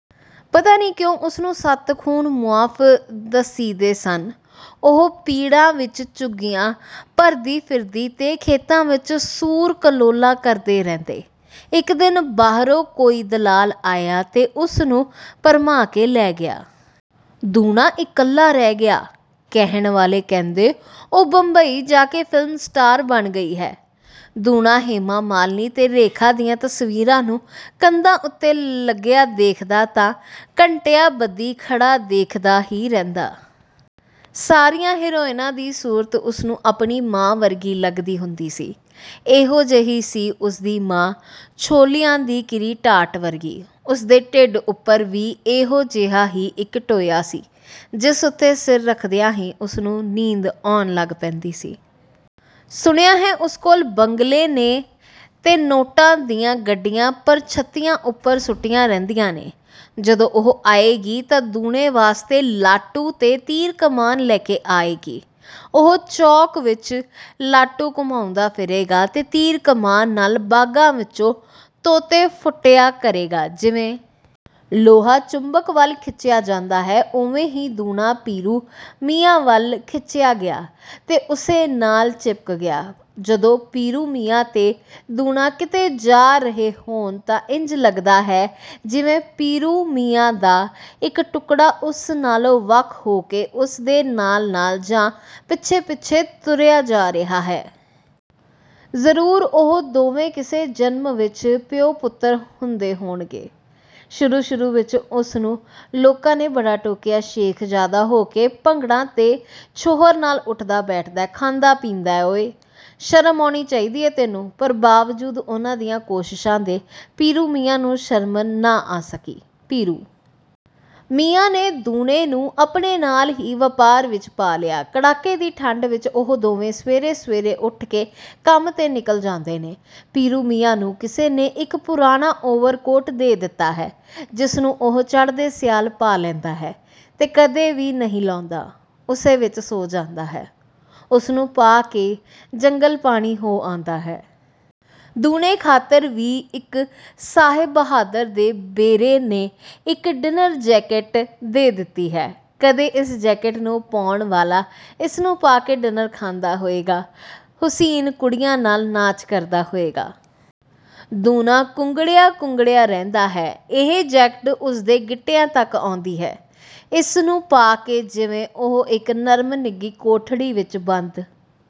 ਪਤਾ ਨਹੀਂ ਕਿਉਂ ਉਸਨੂੰ ਸੱਤ ਖੂਨ ਮੁਆਫ਼ ਦੱਸੀਦੇ ਸਨ। ਉਹ ਪਿੜਾਂ ਵਿੱਚ ਚੁੱਘੀਆਂ ਭਰਦੀ ਫਿਰਦੀ ਤੇ ਖੇਤਾਂ ਵਿੱਚ ਸੂਰ ਕਲੋਲਾਂ ਕਰਦੇ ਰਹਿੰਦੇ। ਇੱਕ ਦਿਨ ਬਾਹਰੋਂ ਕੋਈ ਦਲਾਲ ਆਇਆ ਤੇ ਉਸਨੂੰ ਭਰਮਾ ਕੇ ਲੈ ਗਿਆ। ਦੂਣਾ ਇਕੱਲਾ ਰਹਿ ਗਿਆ। ਕਹਿਣ ਵਾਲੇ ਕਹਿੰਦੇ, 'ਉਹ ਬੰਬਈ ਜਾ ਕੇ ਫ਼ਿਲਮ ਸਟਾਰ ਬਣ ਗਈ ਹੈ।' ਦੂਣਾ ਹੇਮਾ ਮਾਲਿਨੀ ਤੇ ਰੇਖਾ ਦੀਆਂ ਤਸਵੀਰਾਂ ਨੂੰ ਕੰਧਾਂ ਉੱਤੇ ਲੱਗਿਆ ਦੇਖਦਾ ਤਾਂ ਘੰਟਿਆਂਬੱਧੀ ਖੜ੍ਹਾ ਦੇਖਦਾ ਹੀ ਰਹਿੰਦਾ। ਸਾਰੀਆਂ ਹੀਰੋਇਨਾਂ ਦੀ ਸੂਰਤ ਉਸਨੂੰ ਆਪਣੀ ਮਾਂ ਵਰਗੀ ਲੱਗਦੀ ਹੁੰਦੀ ਸੀ। ਇਹੋ ਜਿਹੀ ਸੀ ਉਸਦੀ ਮਾਂ ਛੋਲਿਆਂ ਦੀ ਕਿਰੀ ਟਾਟ ਵਰਗੀ। ਉਸਦੇ ਢਿੱਡ ਉੱਪਰ ਵੀ ਇਹੋ ਜਿਹਾ ਹੀ ਇੱਕ ਟੋਇਆ ਸੀ, ਜਿਸ ਉੱਤੇ ਸਿਰ ਰੱਖਦਿਆਂ ਹੀ ਉਸਨੂੰ ਨੀਂਦ ਆਉਣ ਲੱਗ ਪੈਂਦੀ ਸੀ। ਸੁਣਿਆ ਹੈ ਉਸ ਕੋਲ ਬੰਗਲੇ ਨੇ ਤੇ ਨੋਟਾਂ ਦੀਆਂ ਗੱਡੀਆਂ ਪਰਛੱਤੀਆਂ ਉੱਪਰ ਸੁੱਟੀਆਂ ਰਹਿੰਦੀਆਂ ਨੇ। ਜਦੋਂ ਉਹ ਆਏਗੀ ਤਾਂ ਦੂਣੇ ਵਾਸਤੇ ਲਾਟੂ ਤੇ ਤੀਰ-ਕਮਾਨ ਲੈ ਕੇ ਆਏਗੀ। ਉਹ ਚੌਂਕ ਵਿੱਚ ਲਾਟੂ ਘੁਮਾਉਂਦਾ ਫਿਰੇਗਾ ਤੇ ਤੀਰ-ਕਮਾਨ ਨਾਲ ਬਾਗਾਂ ਵਿੱਚੋਂ ਤੋਤੇ ਫੁੱਟਿਆ ਕਰੇਗਾ। ਜਿਵੇਂ, ਲੋਹਾ ਚੁੰਬਕ ਵੱਲ ਖਿੱਚਿਆ ਜਾਂਦਾ ਹੈ ਓਵੇਂ ਹੀ ਦੂਣਾ ਪੀਰੂ ਮੀਆਂ ਵੱਲ ਖਿੱਚਿਆ ਗਿਆ ਤੇ ਉਸੇ ਨਾਲ ਚਿਪਕ ਗਿਆ। ਜਦੋਂ ਪੀਰੂ ਮੀਆਂ ਤੇ ਦੂਣਾ ਕਿਤੇ ਜਾ ਰਹੇ ਹੋਣ ਤਾਂ ਇੰਜ ਲੱਗਦਾ ਹੈ ਜਿਵੇਂ ਪੀਰੂ ਮੀਆਂ ਦਾ ਇੱਕ ਟੁਕੜਾ ਉਸ ਨਾਲੋਂ ਵੱਖ ਹੋ ਕੇ ਉਸਦੇ ਨਾਲ-ਨਾਲ ਜਾਂ ਪਿੱਛੇ-ਪਿੱਛੇ ਤੁਰਿਆ ਜਾ ਰਿਹਾ ਹੈ। ਜ਼ਰੂਰ ਉਹ ਦੋਵੇਂ ਕਿਸੇ ਜਨਮ ਵਿੱਚ ਪਿਓ-ਪੁੱਤਰ ਹੁੰਦੇ ਹੋਣਗੇ। ਸ਼ੁਰੂ-ਸ਼ੁਰੂ ਵਿੱਚ ਉਸਨੂੰ ਲੋਕਾਂ ਨੇ ਬੜਾ ਟੋਕਿਆ 'ਸ਼ੇਖਜ਼ਾਦਾ ਹੋ ਕੇ ਭੰਗੜਾਂ ਦੇ ਛੋਹਰ ਨਾਲ ਉੱਠਦਾ-ਬੈਠਦਾ, ਖਾਂਦਾ-ਪੀਂਦਾ ਏਂ ਓਏ, ਸ਼ਰਮ ਆਉਣੀ ਚਾਹੀਦੀ ਏ ਤੈਨੂੰ।' ਪਰ ਬਾਵਜੂਦ ਉਹਨਾਂ ਦੀਆਂ ਕੋਸ਼ਿਸ਼ਾਂ ਦੇ ਪੀਰੂ ਮੀਆਂ ਨੂੰ ਸ਼ਰਮ ਨਾ ਆ ਸਕੀ। ਪੀਰੂ ਮੀਆਂ ਨੇ ਦੂਣੇ ਨੂੰ ਆਪਣੇ ਨਾਲ ਹੀ ਵਪਾਰ ਵਿੱਚ ਪਾ ਲਿਆ। ਕੜਾਕੇ ਦੀ ਠੰਡ ਵਿੱਚ ਉਹ ਦੋਵੇਂ ਸਵੇਰੇ-ਸਵੇਰੇ ਉੱਠ ਕੇ ਕੰਮ 'ਤੇ ਨਿਕਲ ਜਾਂਦੇ ਨੇ। ਪੀਰੂ ਮੀਆਂ ਨੂੰ ਕਿਸੇ ਨੇ ਇੱਕ ਪੁਰਾਣਾ ਓਵਰਕੋਟ ਦੇ ਦਿੱਤਾ ਹੈ ਜਿਸ ਨੂੰ ਉਹ ਚੜ੍ਹਦੇ ਸਿਆਲ ਪਾ ਲੈਂਦਾ ਹੈ ਤੇ ਕਦੇ ਵੀ ਨਹੀਂ ਲਾਹੁੰਦਾ ਉਸੇ ਵਿੱਚ ਸੌਂ ਜਾਂਦਾ ਹੈ, ਉਸਨੂੰ ਪਾ ਕੇ ਹੀ ਜੰਗਲ-ਪਾਣੀ ਹੋ ਆਉਂਦਾ ਹੈ। ਦੂਣੇ ਖਾਤਰ ਵੀ ਇੱਕ ਸਾਹਿਬ ਬਹਾਦਰ ਦੇ ਬੈਰੇ ਨੇ ਇੱਕ ਡਿਨਰ ਜੈਕਟ ਦੇ ਦਿੱਤੀ ਹੈ। ਕਦੇ ਇਸ ਜੈਕਟ ਨੂੰ ਪਾਉਣ ਵਾਲਾ ਇਸਨੂੰ ਪਾ ਕੇ ਡਿਨਰ ਖਾਂਦਾ ਹੋਏਗਾ, ਹੁਸੀਨ ਕੁੜੀਆਂ ਨਾਲ ਨਾਚ ਕਰਦਾ ਹੋਏਗਾ। ਦੂਣਾ ਕੁੰਗੜਿਆ-ਕੁੰਗੜਿਆ ਰਹਿੰਦਾ ਹੈ। ਇਹ ਜੈਕਟ ਉਸਦੇ ਗਿੱਟਿਆਂ ਤੱਕ ਆਉਂਦੀ ਹੈ। ਇਸ ਨੂੰ ਪਾ ਕੇ ਜਿਵੇਂ ਉਹ ਇੱਕ ਨਰਮ, ਨਿੱਘੀ ਕੋਠੜੀ ਵਿੱਚ ਬੰਦ